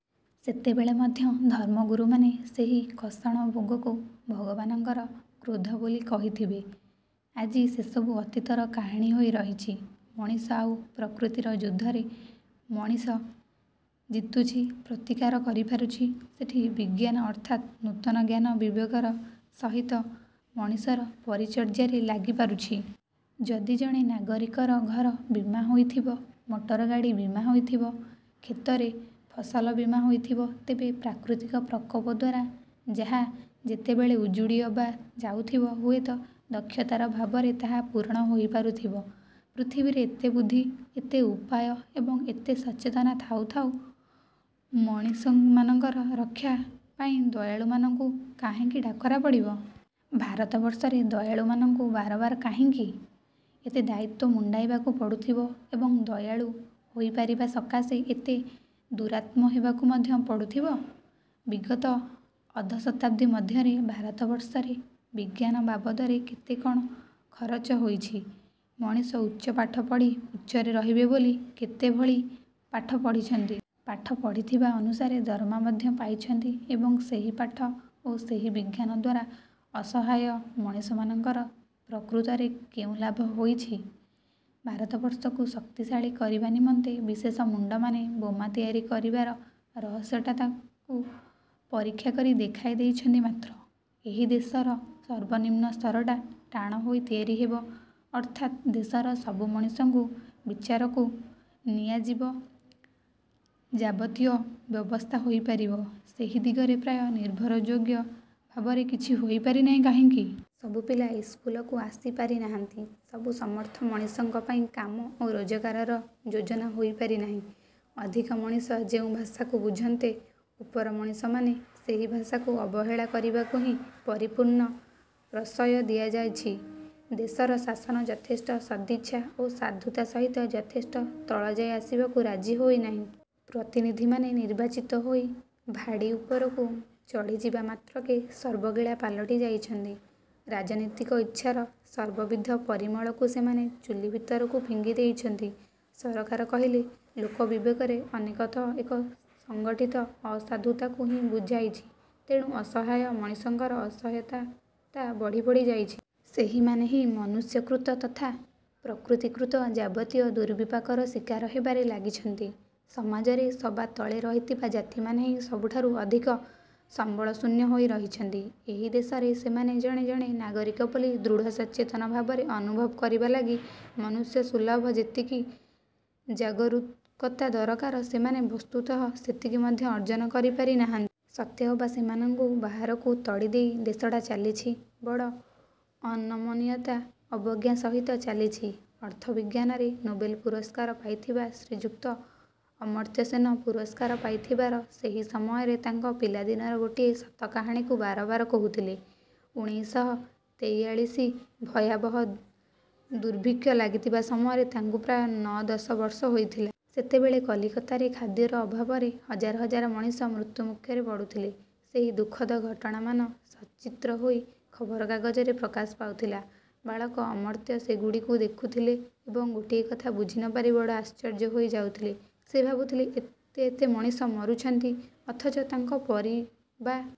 ସେତେବେଳେ ମଧ୍ୟ ଧର୍ମଗୁରୁମାନେ ସେହି କଷଣ ଭୋଗକୁ ଭଗବାନଙ୍କର କ୍ରୋଧ ବୋଲି କହିଥିବେ। ଆଜି ସେସବୁ ଅତୀତର କାହାଣୀ ହୋଇ ରହିଛି। ମଣିଷ ଆଉ ପ୍ରକୃତିର ଯୁଦ୍ଧରେ ମଣିଷ ଜିତୁଛି ପ୍ରତିକାର କରିପାରୁଛି। ସେଠି ବିଜ୍ଞାନ ଅର୍ଥାତ୍ ନୂତନ ଜ୍ଞାନ ବିବେକର ସହିତ ମଣିଷର ପରିଚର୍ଯ୍ୟାରେ ଲାଗିପାରୁଛି। ଯଦି ଜଣେ ନାଗରିକର ଘର ବୀମା ହୋଇଥିବ ମଟରଗାଡ଼ି ବୀମା ହୋଇଥିବ କ୍ଷେତରେ ଫସଲ ବୀମା ହୋଇଥିବ ତେବେ ପ୍ରାକୃତିକ ପ୍ରକୋପ ଦ୍ଵାରା ଯାହା ଯେତେବେଳେ ଉଜୁଡ଼ି ଅବା ଯାଉଥିବ ହୁଏତ ଦକ୍ଷତାର ଭାବରେ ତାହା ପୂରଣ ହୋଇପାରୁଥିବ। ପୃଥିବୀରେ ଏତେ ବୁଦ୍ଧି ଏତେ ଉପାୟ ଏବଂ ଏତେ ସଚେତନତା ଥାଉ ଥାଉ ମଣିଷମାନଙ୍କର ରକ୍ଷା ପାଇଁ ଦୟାଳୁମାନଙ୍କୁ କାହିଁକି ଡାକରା ପଡ଼ିବ? ଭାରତବର୍ଷରେ ଦୟାଳୁମାନଙ୍କୁ ବାରବାର କାହିଁକି? ଏତେ ଦାୟିତ୍ଵ ମୁଣ୍ଡାଇବାକୁ ପଡୁଥବ ଏବଂ ଦୟାଳୁ ହୋଇପାରିବା ସକାଶେ ଏତେ ଦୁରାତ୍ମ ହେବାକୁ ମଧ୍ୟ ପଡୁଥିବ? ବିଗତ ଅଧଶତାବ୍ଦୀ ମଧ୍ୟରେ ଭାରତବର୍ଷରେ ବିଜ୍ଞାନ ବାବଦରେ କେତେ କ'ଣ ଖରଚ ହୋଇଛି। ମଣିଷ ଉଚ୍ଚ ପାଠ ପଢ଼ି ଉଚ୍ଚରେ ରହିବେ ବୋଲି କେତେ ଭଳି ପାଠ ପଢ଼ିଛନ୍ତି। ପାଠ ପଢ଼ିଥିବା ଅନୁସାରେ ଦରମା ମଧ୍ୟ ପାଇଛନ୍ତି ଏବଂ ସେହି ପାଠ ଓ ସେହି ବିଜ୍ଞାନ ଦ୍ଵାରା ଅସହାୟ ମଣିଷମାନଙ୍କର ପ୍ରକୃତରେ କେଉଁ ଲାଭ ହୋଇଛି? ଭାରତବର୍ଷକୁ ଶକ୍ତିଶାଳୀ କରିବା ନିମନ୍ତେ ବିଶେଷ ମୁଣ୍ଡମାନେ ବୋମା ତିଆରି କରିବାର ରହସ୍ୟଟାକୁ ପରୀକ୍ଷା କରି ଦେଖାଇ ଦେଇଛନ୍ତି ମାତ୍ର, ଏହି ଦେଶର ସର୍ବନିମ୍ନ ସ୍ତରଟା ଟାଣ ହୋଇ ତିଆରି ହେବ, ଅର୍ଥାତ୍ ଦେଶର ସବୁ ମଣିଷଙ୍କୁ ବିଚାରକୁ ନିଆଯାଇ ଯାବତୀୟ ବ୍ୟବସ୍ଥା ହୋଇପାରିବ, ସେହି ଦିଗରେ ପ୍ରାୟ ନିର୍ଭରଯୋଗ୍ୟ ଭାବରେ କିଛି ହୋଇପାରିନାହିଁ କାହିଁକି? ସବୁ ପିଲା ଇସ୍କୁଲକୁ ଆସି ପାରିନାହାନ୍ତି, ସବୁ ସମର୍ଥ ମଣିଷଙ୍କ ପାଇଁ କାମ ଓ ରୋଜଗାରର ଯୋଜନା ହୋଇପାରିନାହିଁ। ଅଧିକ ମଣିଷ ଯେଉଁ ଭାଷାକୁ ବୁଝନ୍ତେ, ଉପର ମଣିଷମାନେ ସେହି ଭାଷାକୁ ଅବହେଳା କରିବାକୁ ହିଁ ପରିପୂର୍ଣ୍ଣ ପ୍ରଶ୍ରୟ ଦିଆଯାଇଛି। ଦେଶର ଶାସନ ଯଥେଷ୍ଟ ସଦିଚ୍ଛା ଓ ସାଧୁତା ସହିତ ଯଥେଷ୍ଟ ତଳଯାଏ ଆସିବାକୁ ରାଜି ହୋଇନାହିଁ। ପ୍ରତିନିଧିମାନେ ନିର୍ବାଚିତ ହୋଇ ଭାଡ଼ି ଉପରକୁ ଚଢ଼ିଯିବା ମାତ୍ରକେ ସର୍ବଗିଳା ପାଲଟି ଯାଇଛନ୍ତି। ରାଜନୀତିକ ଇଚ୍ଛାର ସର୍ବବିଧ ପରିମଳକୁ ସେମାନେ ଚୂଲି ଭିତରକୁ ଫିଙ୍ଗି ଦେଇଛନ୍ତି। ସରକାର କହିଲେ ଲୋକ ବିବେକରେ ଅନେକତଃ ଏକ ସଂଗଠିତ ଅସାଧୁତାକୁ ହିଁ ବୁଝାଇଛି। ତେଣୁ, ଅସହାୟ ମଣିଷଙ୍କର ଅସହାୟତା ବଢ଼ି ବଢ଼ି ଯାଇଛି। ସେହିମାନେ ହିଁ ମନୁଷ୍ୟକୃତ ତଥା ପ୍ରକୃତିକୃତ ଯାବତୀୟ ଦୁର୍ବିପାକର ଶିକାର ହେବାରେ ଲାଗିଛନ୍ତି। ସମାଜରେ ସବା ତଳେ ରହିଥିବା ଜାତିମାନେ ହିଁ ସବୁଠାରୁ ଅଧିକ ସମ୍ବଳଶୂନ୍ୟ ହୋଇ ରହିଛନ୍ତି। ଏହି ଦେଶରେ ସେମାନେ ଜଣେ ଜଣେ ନାଗରିକ ବୋଲି ଦୃଢ଼ସଚେତନ ଭାବରେ ଅନୁଭବ କରିବା ଲାଗି ମନୁଷ୍ୟସୁଲଭ ଯେତିକି ଜାଗରୂକତା ଦରକାର, ସେମାନେ ବସ୍ତୁତଃ ସେତିକି ମଧ୍ୟ ଅର୍ଜନ କରି ପାରିନାହାନ୍ତି। ସତେଅବା ସେମାନଙ୍କୁ ବାହାରକୁ ତଡ଼ିଦେଇ ଦେଶଟା ଚାଲିଛି, ବଡ଼ ଅନମନୀୟ ଅବଜ୍ଞା ସହିତ ଚାଲିଛି। ଅର୍ଥବିଜ୍ଞାନରେ ନୋବେଲ ପୁରସ୍କାର ପାଇଥିବା ଶ୍ରୀଯୁକ୍ତ ଅମର୍ତ୍ତ୍ୟ ସେନ ପୁରସ୍କାର ପାଇଥିବାର ସେହି ସମୟରେ ତାଙ୍କ ପିଲାଦିନର ଗୋଟିଏ ସତ କାହାଣୀକୁ ବାରବାର କହୁଥିଲେ। ଉଣେଇଶହ ତେଇଆଳୀଶି ଭୟାବହ ଦୁର୍ଭିକ୍ଷ ଲାଗିଥିବା ସମୟରେ, ତାଙ୍କୁ ପ୍ରାୟ ନଅ ଦଶ ବର୍ଷ ହୋଇଥିଲା। ସେତେବେଳେ କଲିକତାରେ ଖାଦ୍ୟର ଅଭାବରେ, ହଜାର ହଜାର ମଣିଷ ମୃତ୍ୟୁମୁଖରେ ପଡୁଥିଲେ। ସେହି ଦୁଃଖଦ ଘଟଣାମାନ ସଚିତ୍ର ହୋଇ ଖବରକାଗଜରେ ପ୍ରକାଶ ପାଉଥିଲା। ବାଳକ ଅମର୍ତ୍ତ୍ୟ ସେଗୁଡ଼ିକୁ ଦେଖୁଥିଲେ ଏବଂ ଗୋଟିଏ କଥା ବୁଝି ନପାରି ବଡ଼ ଆଶ୍ଚର୍ଯ୍ୟ ହୋଇ ଯାଉଥିଲେ। ସିଏ ଭାବୁଥିଲେ, ଏତେ ଏତେ ମଣିଷ ମରୁଛନ୍ତି, ଅଥଚ ତାଙ୍କ ପରିବା